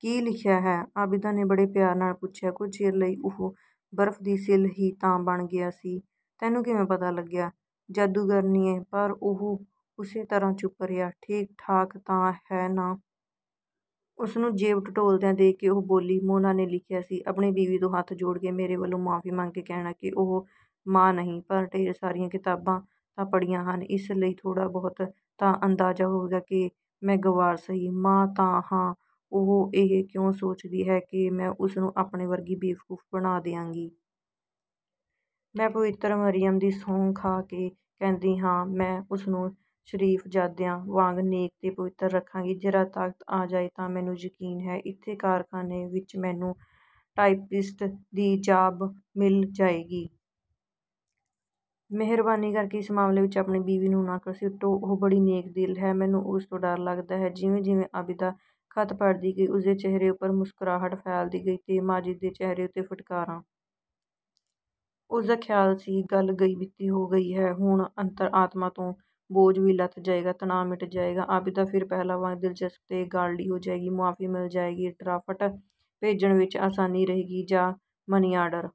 "ਕੀ ਲਿਖਿਆ ਹੈ?" ਆਬਿਦਾ ਨੇ ਬੜੇ ਪਿਆਰ ਨਾਲ ਪੁੱਛਿਆ। ਕੁਝ ਚਿਰ ਲਈ ਉਹ ਬਰਫ਼ ਦੀ ਸਿਲ ਹੀ ਤਾਂ ਬਣ ਗਿਆ ਸੀ। 'ਤੈਨੂੰ ਕਿਵੇਂ ਪਤਾ ਲੱਗਿਆ, ਜਾਦੂਗਰਨੀਏ?' ਪਰ ਉਹ ਉਸੇ ਤਰ੍ਹਾਂ ਚੁੱਪ ਰਿਹਾ। "ਠੀਕ-ਠਾਕ ਤਾਂ ਹੈ ਨਾ?" ਉਸਨੂੰ ਜੇਬ ਟਟੋਲਦਿਆਂ ਦੇਖ ਕੇ ਉਹ ਬੋਲੀ। ਮੋਨਾ ਨੇ ਲਿਖਿਆ ਸੀ, ਆਪਣੀ ਬੀਵੀ ਤੋਂ ਹੱਥ ਜੋੜ ਕੇ ਮੇਰੇ ਵੱਲੋਂ ਮੁਆਫ਼ੀ ਮੰਗ ਕੇ ਕਹਿਣਾ ਕਿ ਉਹ ਮਾਂ ਨਹੀਂ, ਪਰ ਢੇਰ ਸਾਰੀਆਂ ਕਿਤਾਬਾਂ ਤਾਂ ਪੜ੍ਹੀਆਂ ਹਨ, ਇਸ ਲਈ ਥੋੜ੍ਹਾ-ਬਹੁਤ ਤਾਂ ਅੰਦਾਜ਼ਾ ਹੋਵੇਗਾ ਕਿ ਮੈਂ ਗੰਵਾਰ ਸਹੀ, ਮਾਂ ਤਾਂ ਹਾਂ- ਉਹ ਇਹ ਕਿਉਂ ਸੋਚਦੀ ਹੈ ਕਿ ਮੈਂ ਉਸਨੂੰ, ਆਪਣੇ ਵਰਗੀ ਬੇਵਕੂਫ਼ ਬਣਾ ਦਿਆਂਗੀ? ਮੈਂ ਪਵਿੱਤਰ ਮਰੀਅਮ ਦੀ ਸਹੁੰ ਖਾ ਕੇ ਕਹਿੰਦੀ ਹਾਂ, ਮੈਂ ਉਸਨੂੰ ਸ਼ਰੀਫ਼ਜ਼ਾਦੀਆਂ ਵਾਂਗ ਨੇਕ ਤੇ ਪਵਿੱਤਰ ਰੱਖਾਂਗੀ। ਜ਼ਰਾ ਤਾਕਤ ਆ ਜਾਏ ਤਾਂ ਮੈਨੂੰ ਯਕੀਨ ਹੈ, ਇੱਥੇ ਕਾਰਖਾਨੇ ਵਿੱਚ ਮੈਨੂੰ ਟਾਈਪਿਸਟ ਦੀ 'ਜਾਬ' ਮਿਲ ਜਾਏਗੀ। ਮਿਹਰਬਾਨੀ ਕਰਕੇ ਇਸ ਮਾਮਲੇ ਵਿੱਚ ਆਪਣੀ ਬੀਵੀ ਨੂੰ ਨਾ ਘਸੀਟੋ। ਉਹ ਬੜੀ ਨੇਕ ਦਿਲ ਹੈ, ਮੈਨੂੰ ਉਸ ਤੋਂ ਡਰ ਲੱਗਦਾ ਹੈ।' ਜਿਵੇਂ-ਜਿਵੇਂ ਆਬਿਦਾ ਖ਼ਤ ਪੜ੍ਹਦੀ ਗਈ ਉਸਦੇ ਚਿਹਰੇ ਉੱਪਰ ਮੁਸਕਰਾਹਟ ਫੈਲਦੀ ਗਈ ਤੇ ਮਾਜਿਦ ਦੇ ਚਿਹਰੇ ਉੱਤੇ ਫਿਟਕਾਰਾਂ। ਉਸਦਾ ਖ਼ਿਆਲ ਸੀ, ਗੱਲ ਗਈ-ਬੀਤੀ ਹੋ ਗਈ ਹੈ। ਹੁਣ ਅੰਤਰ-ਆਤਮਾ ਤੋਂ ਬੋਝ ਵੀ ਲੱਥ ਜਾਏਗਾ। ਤਣਾਅ ਮਿਟ ਜਾਏਗਾ। ਆਬਿਦਾ ਫਿਰ ਪਹਿਲਾਂ ਵਾਂਗ ਦਿਲਚਸਪ ਤੇ ਗਾਲੜੀ ਹੋ ਜਾਏਗੀ। ਮੁਆਫ਼ੀ ਮਿਲ ਜਾਏਗੀ। "ਡਰਾਫਟ ਭੇਜਣ ਵਿੱਚ ਆਸਾਨੀ ਰਹੇਗੀ ਜਾਂ ਮਨੀਆਰਡਰ?"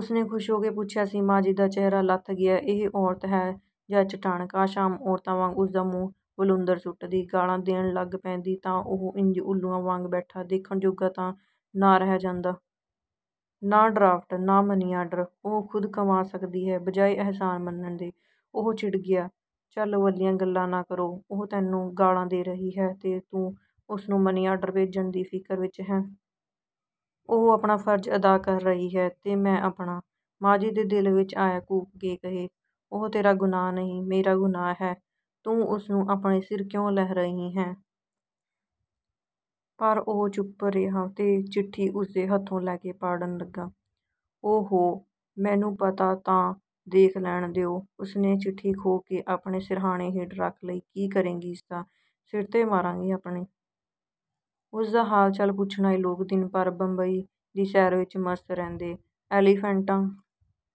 ਉਸਨੇ ਖੁਸ਼ ਹੋ ਕੇ ਪੁੱਛਿਆ ਸੀ। ਮਾਜਿਦ ਦਾ ਚਿਹਰਾ ਲੱਥ ਗਿਆ। ਇਹ ਔਰਤ ਹੈ ਜਾਂ ਚਟਾਨ! ਕਾਸ਼ ਆਮ ਔਰਤਾਂ ਵਾਂਗ ਉਸਦਾ ਮੂੰਹ ਵਲੂੰਧਰ ਸੁੱਟਦੀ, ਗਾਲ੍ਹਾਂ ਦੇਣ ਲੱਗ ਪੈਂਦੀ ਤਾਂ ਉਹ ਇੰਜ ਊੱਲੂਆਂ ਵਾਂਗ ਬੈਠਾ, ਦੇਖਣ ਜੋਗਾ ਤਾਂ ਨਾ ਰਹਿ ਜਾਂਦਾ। "ਨਾ ਡਰਾਫਟ, ਨਾ ਮਨੀਆਰਡਰ। ਉਹ ਖ਼ੁਦ ਕਮਾ ਸਕਦੀ ਹੈ।" ਬਜਾਏ ਅਹਿਸਾਨ ਮੰਨਣ ਦੇ ਉਹ ਚਿੜ ਗਿਆ। "ਝੱਲ-ਵੱਲੀਆਂ ਗੱਲਾਂ ਨਾ ਕਰੋ।" "ਉਹ ਤੈਨੂੰ ਗਾਲ੍ਹਾਂ ਦੇ ਰਹੀ ਹੈ ਤੇ ਤੂੰ ਉਸਨੂੰ ਮਨੀਆਰਡਰ ਭੇਜਣ ਦੀ ਫਿਕਰ ਵਿੱਚ ਹੈਂ।" "ਉਹ ਆਪਣਾ ਫ਼ਰਜ਼ ਅਦਾ ਕਰ ਰਹੀ ਹੈ ਤੇ ਮੈਂ ਆਪਣਾ।" ਮਾਜਿਦ ਦੇ ਦਿਲ ਵਿੱਚ ਆਇਆ ਕੂਕ ਕੇ ਕਹੇ, 'ਉਹ ਤੇਰਾ ਗੁਨਾਹ ਨਹੀਂ, ਮੇਰਾ ਗੁਨਾਹ ਹੈ। ਤੂੰ ਉਸਨੂੰ ਆਪਣੇ ਸਿਰ ਕਿਉਂ ਲੈ ਰਹੀ ਹੈਂ'... ਪਰ ਉਹ ਚੁੱਪ ਰਿਹਾ ਤੇ ਚਿੱਠੀ ਉਸਦੇ ਹੱਥੋਂ ਲੈ ਕੇ ਪਾੜਨ ਲੱਗਾ। "ਓ-ਹੋ, ਮੈਨੂੰ ਪਤਾ ਤਾਂ ਦੇਖ ਲੈਣ ਦਿਓ।" ਉਸਨੇ ਚਿੱਠੀ ਖੋਹ ਕੇ ਆਪਣੇ ਸਿਰਹਾਣੇ ਹੇਠ ਰੱਖ ਲਈ। "ਕੀ ਕਰੇਂਗੀ ਇਸਦਾ?" "ਸਿਰ 'ਤੇ ਮਾਰਾਂਗੀ ਆਪਣੇ।" ਉਸਦਾ ਹਾਲ-ਚਾਲ ਪੁੱਛਣ ਆਏ ਲੋਕ ਦਿਨ ਭਰ ਬੰਬਈ ਦੀ ਸੈਰ ਵਿੱਚ ਮਸਤ ਰਹਿੰਦੇ। ਐਲੀਫੈਂਟਾ